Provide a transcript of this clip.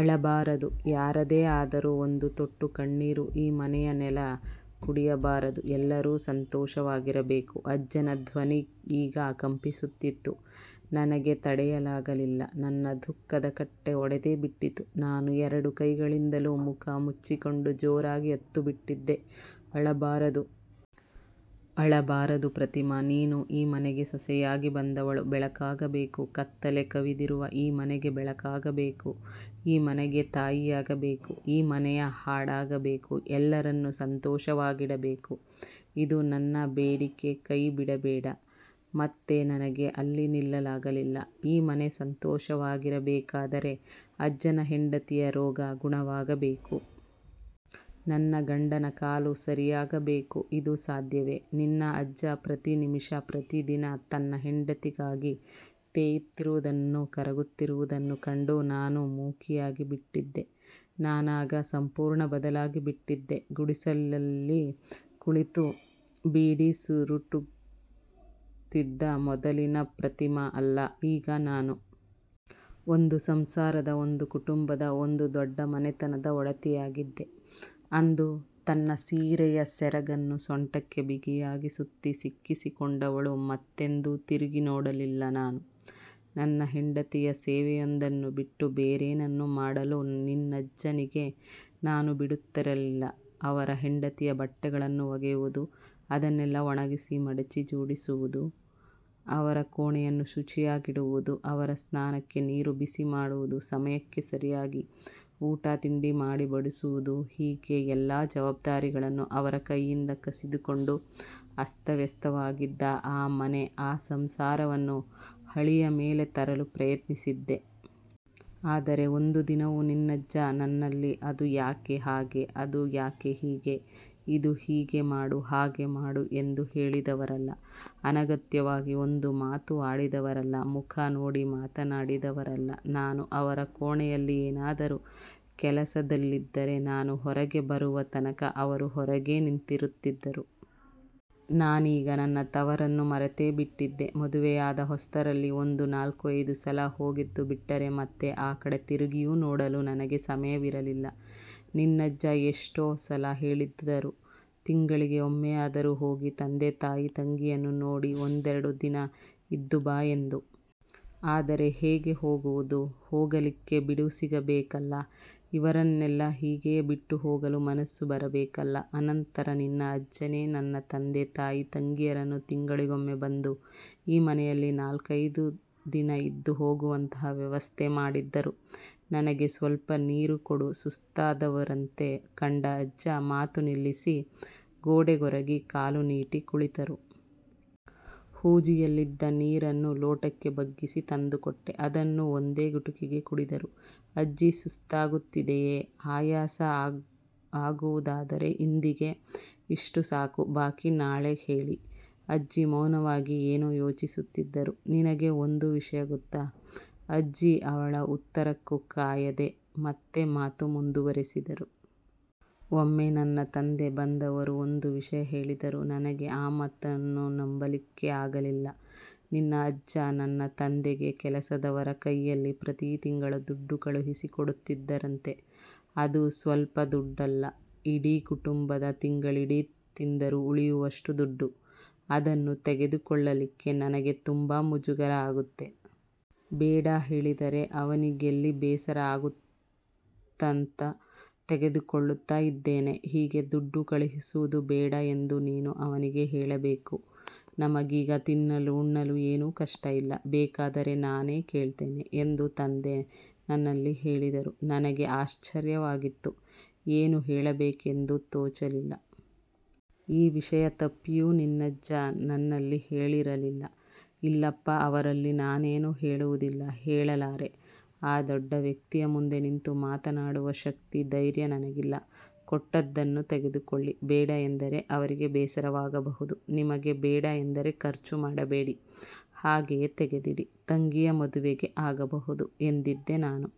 ಅಳಬಾರದು, ಯಾರದೇ ಆದರೂ ಒಂದು ತೊಟ್ಟು ಕಣ್ಣೀರು ಈ ಮನೆಯ ನೆಲ ಕುಡಿಯಬಾರದು. ಎಲ್ಲರೂ ಸಂತೋಷವಾಗಿರಬೇಕು. '' ಅಜ್ಜನ ಧ್ವನಿ ಈಗ ಕಂಪಿಸುತ್ತಿತ್ತು. ನನಗೆ ತಡೆಯಲಾಗಲಿಲ್ಲ. ನನ್ನ ದುಃಖದ ಕಟ್ಟೆ ಒಡೆದೇ ಬಿಟ್ಟಿತ್ತು. ನಾನು ಎರಡು ಕೈಗಳಿಂದಲೂ ಮುಖ ಮುಚ್ಚಿಕೊಂಡು ಜೋರಾಗಿ ಅತ್ತು ಬಿಟ್ಟಿದ್ದೆ. ''ಅಳಬಾರದು. ಅಳಬಾರದು ಪ್ರತಿಮಾ. ನೀನು ಈ ಮನೆಗೆ ಸೊಸೆಯಾಗಿ ಬಂದವಳು. ಬೆಳಕಾಗಬೇಕು. ಕತ್ತಲೆ ಕವಿದಿರುವ ಈ ಮನೆಗೆ ಬೆಳಕಾಗಬೇಕು. ಈ ಮನೆಗೆ ತಾಯಿಯಾಗಬೇಕು. ಈ ಮನೆಯ ಹಾಡಾಗಬೇಕು. ಎಲ್ಲರನ್ನೂ ಸಂತೋಷವಾಗಿಡಬೇಕು. ಇದು ನನ್ನ ಬೇಡಿಕೆಕೈಬಿಡಬೇಡ'' ಮತ್ತೆ ನನಗೆ ಅಲ್ಲಿ ನಿಲ್ಲಲಾಗಲಿಲ್ಲ. ಈ ಮನೆ ಸಂತೋಷವಾಗಿರಬೇಕಾದರೆ ಅಜ್ಜನ ಹೆಂಡತಿಯ ರೋಗ ಗುಣವಾಗಬೇಕು. ನನ್ನ ಗಂಡನ ಕಾಲು ಸರಿಯಾಗಬೇಕುಇದು ಸಾಧ್ಯವೇ. ನಿನ್ನ ಅಜ್ಜ ಪ್ರತಿ ನಿಮಿಷ, ಪ್ರತಿ ದಿನ ತನ್ನ ಹೆಂಡತಿಗಾಗಿ ತೇಯುತ್ತಿರುವುದನ್ನು, ಕರಗುತ್ತಿರು ವುದನ್ನು ಕಂಡು ನಾನು ಮೂಕಿಯಾಗಿ ಬಿಟ್ಟಿದ್ದೆ. ನಾನಾಗ ಸಂಪೂರ್ಣ ಬದಲಾಗಿ ಬಿಟ್ಟಿದ್ದೆ. ಗುಡಿಸಲಲ್ಲಿ ಕುಳಿತು ಬೀಡಿ ಸುರುಟುತ್ತಿದ್ದ ಮೊದಲಿನ ಪ್ರತಿಮಾ ಅಲ್ಲ ಈಗ ನಾನು. ಒಂದು ಸಂಸಾರದ, ಒಂದು ಕುಟುಂಬದ, ಒಂದು ದೊಡ್ಡ ಮನೆತನದ ಒಡತಿಯಾಗಿದ್ದೆ. ಅಂದು ತನ್ನ ಸೀರೆಯ ಸೆರಗನ್ನು ಸೊಂಟಕ್ಕೆ ಬಿಗಿಯಾಗಿ ಸುತ್ತಿ ಸಿಕ್ಕಿಸಿಕೊಂಡವಳು ಮತ್ತೆಂದೂ ತಿರುಗಿ ನೋಡಲಿಲ್ಲ ನಾನು. ತನ್ನ ಹೆಂಡತಿಯ ಸೇವೆಯೊಂದನ್ನು ಬಿಟ್ಟು ಬೇರೇನನ್ನೂ ಮಾಡಲು ನಿನ್ನಜ್ಜನಿಗೆ ನಾನು ಬಿಡುತ್ತಿರಲಿಲ್ಲ. ಅವರ ಹೆಂಡತಿಯ ಬಟ್ಟೆಗಳನ್ನು ಒಗೆಯುವುದು, ಅದನ್ನೆಲ್ಲ ಒಣಗಿಸಿ, ಮಡಚಿ ಜೋಡಿಸಿಡುವುದು, ಅವರ ಕೋಣೆಯನ್ನು ಶುಚಿಯಾಗಿಡುವುದು, ಅವರ ಸ್ನಾನಕ್ಕೆ ನೀರು ಬಿಸಿ ಮಾಡುವುದು, ಸಮಯಕ್ಕೆ ಸರಿಯಾಗಿ ಊಟ ತಿಂಡಿ ಮಾಡಿ ಬಡಿಸುವುದುಹೀಗೆ ಎಲ್ಲ ಜವಾಬ್ದಾರಿಗಳನ್ನೂ ಅವರ ಕೈಯಿಂದ ಕಸಿದುಕೊಂಡು ಅಸ್ತವ್ಯಸ್ತವಾಗಿದ್ದ ಆ ಮನೆ, ಆ ಸಂಸಾರವನ್ನು ಹಳಿಯ ಮೇಲೆ ತರಲು ಪ್ರಯತ್ನಿಸಿದ್ದೆ. ಆದರೆ ಒಂದು ದಿನವೂ ನಿನ್ನಜ್ಜ ನನ್ನಲ್ಲಿ ಅದು ಯಾಕೆ ಹಾಗೆ, ಅದು ಯಾಕೆ ಹೀಗೆ. ಇದು ಹೀಗೆ ಮಾಡು- ಹಾಗೆ ಮಾಡು ಎಂದು ಹೇಳಿದವರಲ್ಲ. ಅನಗತ್ಯವಾಗಿ ಒಂದು ಮಾತೂ ಆಡಿದವರಲ್ಲ. ಮುಖ ನೋಡಿ ಮಾತನಾಡಿದವರಲ್ಲ. ನಾನು ಅವರ ಕೋಣೆಯಲ್ಲಿ ಏನಾದರೂ ಕೆಲಸದಲ್ಲಿದ್ದರೆ ನಾನು ಹೊರಗೆ ಬರುವ ತನಕ ಅವರು ಹೊರಗೇ ನಿಂತಿರುತ್ತಿದ್ದರು. ನಾನೀಗ ನನ್ನ ತವರನ್ನು ಮರೆತೇ ಬಿಟ್ಟಿದ್ದೆ. ಮದುವೆಯಾದ ಹೊಸತರಲ್ಲಿ ಒಂದು ನಾಲ್ಕು-ಐದು ಸಲ ಹೋಗಿದ್ದು ಬಿಟ್ಟರೆ ಮತ್ತೆ ಆ ಕಡೆ ತಿರುಗಿಯೂ ನೋಡಲು ನನಗೆ ಸಮಯವಿರಲಿಲ್ಲ. ನಿನ್ನಜ್ಜ ಎಷ್ಟೋ ಸಲ ಹೇಳಿದ್ದರು. ತಿಂಗಳಿಗೆ ಒಮ್ಮೆಯಾದರೂ ಹೋಗಿ ತಂದೆ-ತಾಯಿ-ತಂಗಿಯನ್ನು ನೋಡಿ ಒಂದೆರಡು ದಿನ ಇದ್ದು ಬಾ ಎಂದು. ಆದರೆ ಹೇಗೆ ಹೋಗುವುದು, ಹೋಗಲಿಕ್ಕೆ ಬಿಡುವು ಸಿಗಬೇಕಲ್ಲ. ಇವರನ್ನೆಲ್ಲ ಹೀಗೆಯೇ ಬಿಟ್ಟು ಹೋಗಲು ಮನಸ್ಸು ಬರಬೇಕಲ್ಲ. ಅನಂತರ ನಿನ್ನ ಅಜ್ಜನೇ ನನ್ನ ತಂದೆ-ತಾಯಿ ತಂಗಿಯರನ್ನು ತಿಂಗಳಿಗೊಮ್ಮೆ ಬಂದು ಈ ಮನೆಯಲ್ಲಿ ನಾಲ್ಕೆದು ದಿನ ಇದ್ದು ಹೋಗುವಂತಹ ವ್ಯವಸ್ಥೆ ಮಾಡಿದ್ದರು. ''ನನಗೆ ಸ್ವಲ್ಪನೀರು ಕೊಡು'' ಸುಸ್ತಾದವರಂತೆ ಕಂಡ ಅಜ್ಜಿ ಮಾತು ನಿಲ್ಲಿಸಿ ಗೋಡೆಗೊರಗಿ ಕಾಲು ನೀಟಿ ಕುಳಿತರು. ಹೂಜಿಯಲ್ಲಿದ್ದ ನೀರನ್ನು ಲೋಟಕ್ಕೆ ಬಗ್ಗಿಸಿ ತಂದುಕೊಟ್ಟೆ. ಅದನ್ನು ಒಂದೇ ಗುಟುಕಿಗೆ ಕುಡಿದರು. ''ಅಜ್ಜಿ, ಸುಸ್ತಾಗುತ್ತಿದೆಯಾ? ಆಯಾಸ ಆಗುವು ದಾದರೆ ಇಂದಿಗೆ ಇಷ್ಟು ಸಾಕು. ಬಾಕಿ ನಾಳೆ ಹೇಳಿ'' ಅಜ್ಜಿ ಮೌನವಾಗಿ ಏನೋ ಯೋಚಿಸುತ್ತಿದ್ದರು. ''ನಿನಗೆ ಒಂದು ವಿಷಯ ಗೊತ್ತಾ'' ಅಜ್ಜಿ ಅವಳ ಉತ್ತರಕ್ಕೂ ಕಾಯದೆ ಮತ್ತೆ ಮಾತು ಮುಂದುವರಿಸಿದರು. ಒಮ್ಮೆ ನನ್ನ ತಂದೆ ಬಂದವರು ಒಂದು ವಿಷಯ ಹೇಳಿದರು. ನನಗೆ ಆ ಮಾತನ್ನು ನಂಬಲಿಕ್ಕೆ ಆಗಲಿಲ್ಲ. ನಿನ್ನ ಅಜ್ಜ ನನ್ನ ತಂದೆಗೆ ಕೆಲಸದವರ ಕೈಯಲ್ಲಿ ಪ್ರತಿ ತಿಂಗಳೂ ದುಡ್ಡು ಕಳುಹಿಸಿ ಕೊಡುತ್ತಿದ್ದರಂತೆ. ಅದೂ ಸ್ವಲ್ಪದುಡ್ಡಲ್ಲ ಇಡೀ ಕುಟುಂಬ ತಿಂಗಳಿಡೀ ತಿಂದರೂ ಉಳಿಯುವಷ್ಟು ದುಡ್ಡು! ''ಅದನ್ನು ತೆಗೆದುಕೊಳ್ಳಲಿಕ್ಕೆ ನನಗೆ ತುಂಬಾ ಮುಜುಗರ ಆಗುತ್ತೆ. ಬೇಡ ಹೇಳಿದರೆ ಅವನಿಗೆಲ್ಲಿ ಬೇಸರ ಆಗುತ್ತಾಂತ ತೆಗೆದುಕೊಳ್ಳುತ್ತಾ ಇದ್ದೇನೆ. ಹೀಗೆ ದುಡ್ಡು ಕಳುಹಿಸುವುದು ಬೇಡ ಎಂದು ನೀನು ಅವನಿಗೆ ಹೇಳಬೇಕು. ನಮಗೀಗ ತಿನ್ನಲು ಉಣ್ಣಲು ಏನೂ ಕಷ್ಟ ಇಲ್ಲ. ಬೇಕಾದರೆ ನಾನೇ ಕೇಳ್ತೇನೆ'' ಎಂದು ತಂದೆ ನನ್ನಲ್ಲಿ ಹೇಳಿದರು. ನನಗೆ ಆಶ್ಚರ್ಯವಾಗಿತ್ತು. ಏನು ಹೇಳಬೇಕೆಂದೇ ತೋಚಲಿಲ್ಲ. ಈ ವಿಷಯ ತಪ್ಪಿಯೂ ನಿನ್ನಜ್ಜ ನನ್ನಲ್ಲಿ ಹೇಳಿರಲಿಲ್ಲ. ''ಇಲ್ಲಪ್ಪ, ಅವರಲ್ಲಿ ನಾನೇನೂ ಹೇಳುವುದಿಲ್ಲ. ಹೇಳಲಾರೆ. ಆ ದೊಡ್ಡವ್ಯಕ್ತಿಯ ಮುಂದೆ ನಿಂತು ಮಾತನಾಡುವ ಶಕ್ತಿ, ಧೈರ್ಯ ನನಗಿಲ್ಲ. ಕೊಟ್ಟದ್ದನ್ನು ತೆಗೆದುಕೊಳ್ಳಿ. ಬೇಡ ಎಂದರೆ ಅವರಿಗೆ ಬೇಸರವಾಗಬಹುದು. ನಿಮಗೆ ಬೇಡ ಎಂದರೆ ಖರ್ಚು ಮಾಡಬೇಡಿ. ಹಾಗೆಯೇ ತೆಗೆದಿಡಿ. ತಂಗಿಯ ಮದುವೆಗೆ ಆಗಬಹುದು'' ಎಂದಿದ್ದೆ ನಾನು.